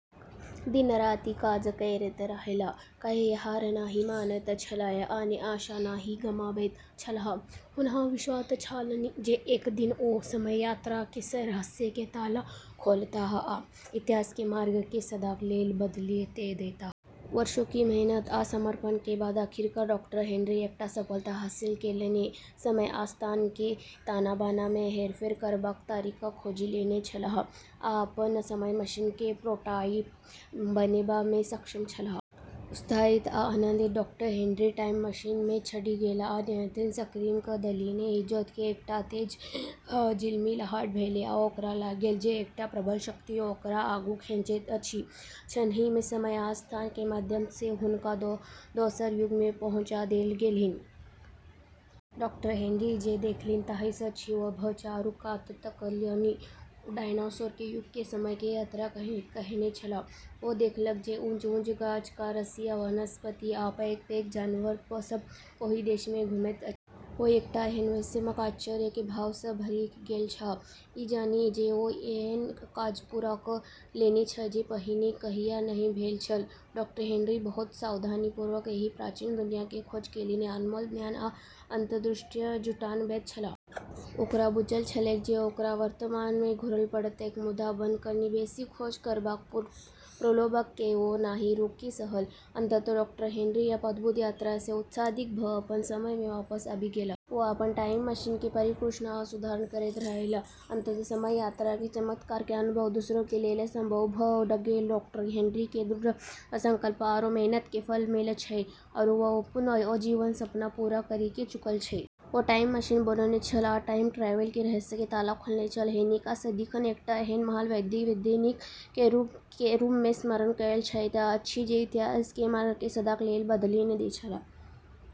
दिन-राति काज करैत रहलाह, कहियो हार नहि मानैत छलाह आ ने आशा नहि गमाबैत छलाह। हुनका विश्वास छलनि जे एक दिन ओ समय यात्रा के रहस्य के ताला खोलताह आ इतिहास के मार्ग केँ सदाक लेल बदलि देताह। वर्षों के मेहनत आ समर्पण के बाद आखिरकार डॉ. हेनरी एकटा सफलता हासिल केलनि। समय आ स्थान के ताना-बाना मे हेरफेर करबाक तरीका खोजि लेने छलाह, आ अपन समय मशीन के प्रोटोटाइप बनेबा मे सक्षम छलाह। उत्साहित आ आनन्दित डॉ. हेनरी टाइम मशीन मे चढ़ि गेलाह आ नियंत्रण सक्रिय क' देलनि। इजोत के एकटा तेज झिलमिलाहट भेलै आ ओकरा लागलै जे एकटा प्रबल शक्ति ओकरा आगू खींचैत अछि। क्षणहि मे समय आ स्थान के माध्यम से हुनका दोसर युग मे पहुँचा देल गेलनि। डॉ. हेनरी जे देखलनि ताहि सँ चकित भ' चारू कात तकलनि। ओ डायनासोर के युग के समय के यात्रा कएने छलाह। ओ देखलक जे ऊँच-ऊँच गाछ आ रसीला वनस्पति आ पैघ-पैघ जानवर सब ओहि देश मे घुमैत अछि। ओ एकटा एहन विस्मय आ आश्चर्य के भाव सँ भरि गेल छलाह, ई जानि जे ओ एहन काज पूरा क' लेने छथि जे पहिने कहियो नहि भेल छल। डॉ. हेनरी बहुत सावधानीपूर्वक एहि प्राचीन दुनिया के खोज केलनि, अनमोल ज्ञान आ अंतर्दृष्टि जुटाबैत छलाह। ओकरा बुझल छलैक जे ओकरा वर्तमान मे घुरय पड़तैक, मुदा बस कनि बेसी खोज करबाक प्रलोभन केँ ओ नहि रोकि सकल। अंततः डॉ. हेनरी अपन अद्भुत यात्रा सँ उत्साहित भऽ अपन समय मे वापस आबि गेलाह। ओ अपन टाइम मशीन के परिष्कृत आ सुधार करैत रहलाह, अंततः समय यात्रा के चमत्कार के अनुभव दोसरों के लेल संभव भऽ गेल। डॉ. हेनरी केर दृढ़ संकल्प आरो मेहनत के फल मिललऽ छेलै, आरो वू अपन आजीवन सपना पूरा करी चुकलऽ छेलै। ओ टाइम मशीन बनौने छल, आ टाइम ट्रैवल के रहस्य के ताला खोलने छल। हिनका सदिखन एकटा एहन महान वैज्ञानिक के रूप मे स्मरण कयल जाइत अछि जे इतिहास के मार्ग केँ सदाक लेल बदलि देने छलाह।